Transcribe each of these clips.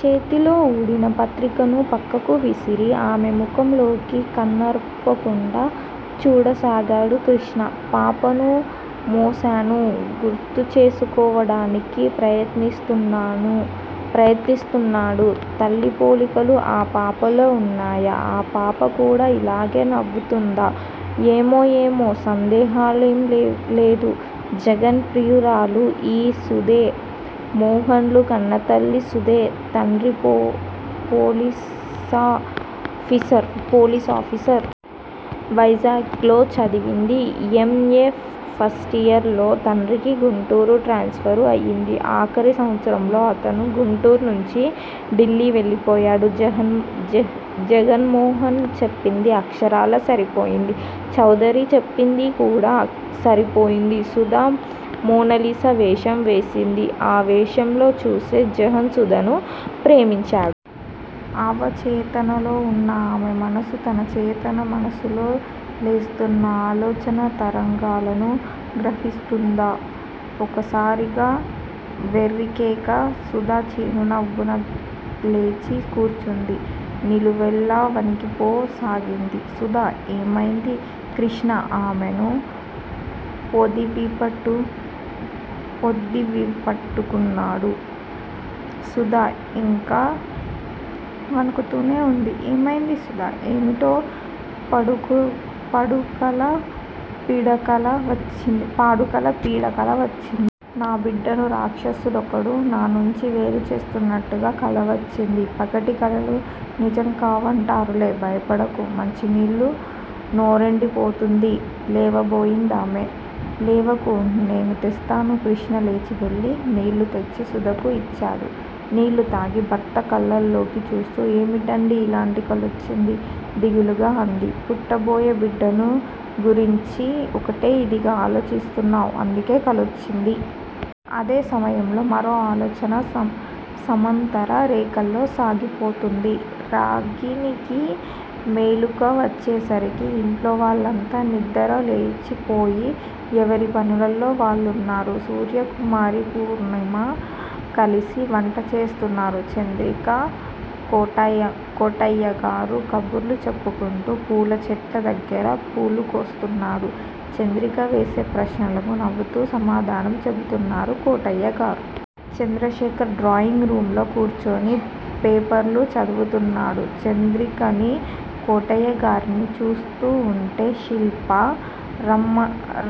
చేతిలో వుడిన పత్రికను పక్కకు విసిరి ఆమె ముఖంలోకి కన్నార్పకుండా చూడసాగాడు కృష్ణ. పాపను__మోసాను గుర్తుచేసుకోవడానికి ప్రయత్నిస్తున్నాడు. తల్లి పోలికలు ఆ పాపలో ఉన్నాయా? ఆ పాపకూడా ఇలాగే నవ్వుతుందా! ఏమో? ఏమో? సందేహలులేదు, జగన్ ప్రియురాలు ఈ సుధే! మోనాను కన్నతల్లి సుధే! తండ్రి పోలీసాఫీసర్. వైజాగ్ లో చదివింది. M, A. ఫస్టియర్ లో తండ్రికి గుంటూరు ట్రాన్స్ఫరు అయింది. ఆఖరి సంవత్సరంలో అతను గుంటూరునుంచి ఢిల్లీ వెళ్ళిపోయాడు. జగన్మోహన్ చెప్పింది అక్షరాల సరిపోయింది. చౌదరి చెప్పిందికూడా సరిపోయింది. సుధ మోనాలిసా వేషం వేసింది. ఆ వేషంలో చూసే జగన్ సుధను ప్రేమించాడు. అవచేతనలో ఉన్న ఆమె మనసు, తన చేతన మనసులో లేస్తున్న ఆలోచనా తరంగాలను గ్రహిస్తోందా? ఒకసారిగా వెర్రికేక! సుధ చివ్వున లేచి కూర్చుంది. నిలువెల్లా వణికిపోసాగింది. సుధా! ఏమైంది? కృష్ణ ఆమెను పొదివిపట్టుకున్నాడు. సుధ ఇంకా వణుకుతూనే ఉంది. ఏమైంది సుధా? ఏమిటో పడుకల పీడకల వచ్చింది. నా బిడ్డను రాక్షసుడొకడు నానుంచి వేరుచేస్తున్నట్టుగా కలవచ్చింది? పగటి కలలు నిజంకావంటారులే. భయపడకు. మంచినీళ్ళు! నోరెండిపోతోంది లేవబోయిందామె. లేవకు నేను తెస్తాను కృష్ణ లేచివెళ్ళి నీళ్ళు తెచ్చి సుధకు ఇచ్చాడు. నీళ్ళుతాగి భర్త కళ్ళల్లోకి చూస్తూ ఏమిటండీ ఇలాంటి కలొచ్చిందీ దిగులుగా అంది. పుట్టబోయే బిడ్డను గురించి ఒకటే ఇదిగా ఆలోచిస్తున్నావ్ అందుకే కలొచ్చింది. అదే సమయంలో మరో ఆలోచన సమంతర రేఖలా సాగిపోతూంది. రాగిణికి మెలుకువ వచ్చేసరికి ఇంట్లో వాళ్ళంతా నిద్దర లేచిపోయి, ఎవరి పనులల్లో వాళ్ళున్నారు. సూర్యకుమారీ పూర్ణిమా కలిసి వంట చేస్తున్నారు. చంద్రికా, కోటయ్యగారు కబుర్లు చెప్పుకుంటూ, పూలచెట్ల దగ్గర పూలుకోస్తున్నారు. చంద్రిక వేసే ప్రశ్నలకి నవ్వుతూ సమాధానం చెబుతున్నారు కోటయ్యగారు. చంద్రశేఖర్ డ్రాయింగ్ రూంలో కూర్చుని పేపరు చదువుకుంటున్నాడు. చంద్రికనీ, కోటయ్యగారినీ చూస్తూవుంటే శిల్పా,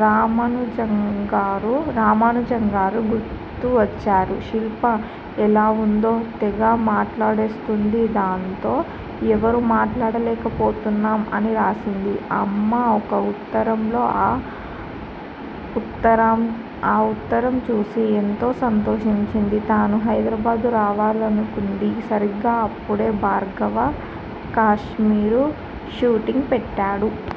రామానుజంగారూ గుర్తువచ్చారు. శిల్ప ఎలావుందో? 'తెగ మాట్లాడేస్తోంది, దాంతో ఎవరూ మాట్లాడలేకపోతున్నాం' అని రాసింది అమ్మ ఒక ఉత్తరంలో. ఆ ఉత్తరంచూసి ఎంతో సంతోదించింది తను హైదరాబాదు రావాలనుకుంది. సరిగ్గా అప్పుడే భార్గవ కాశ్మీరు షూటింగు పెట్టాడు.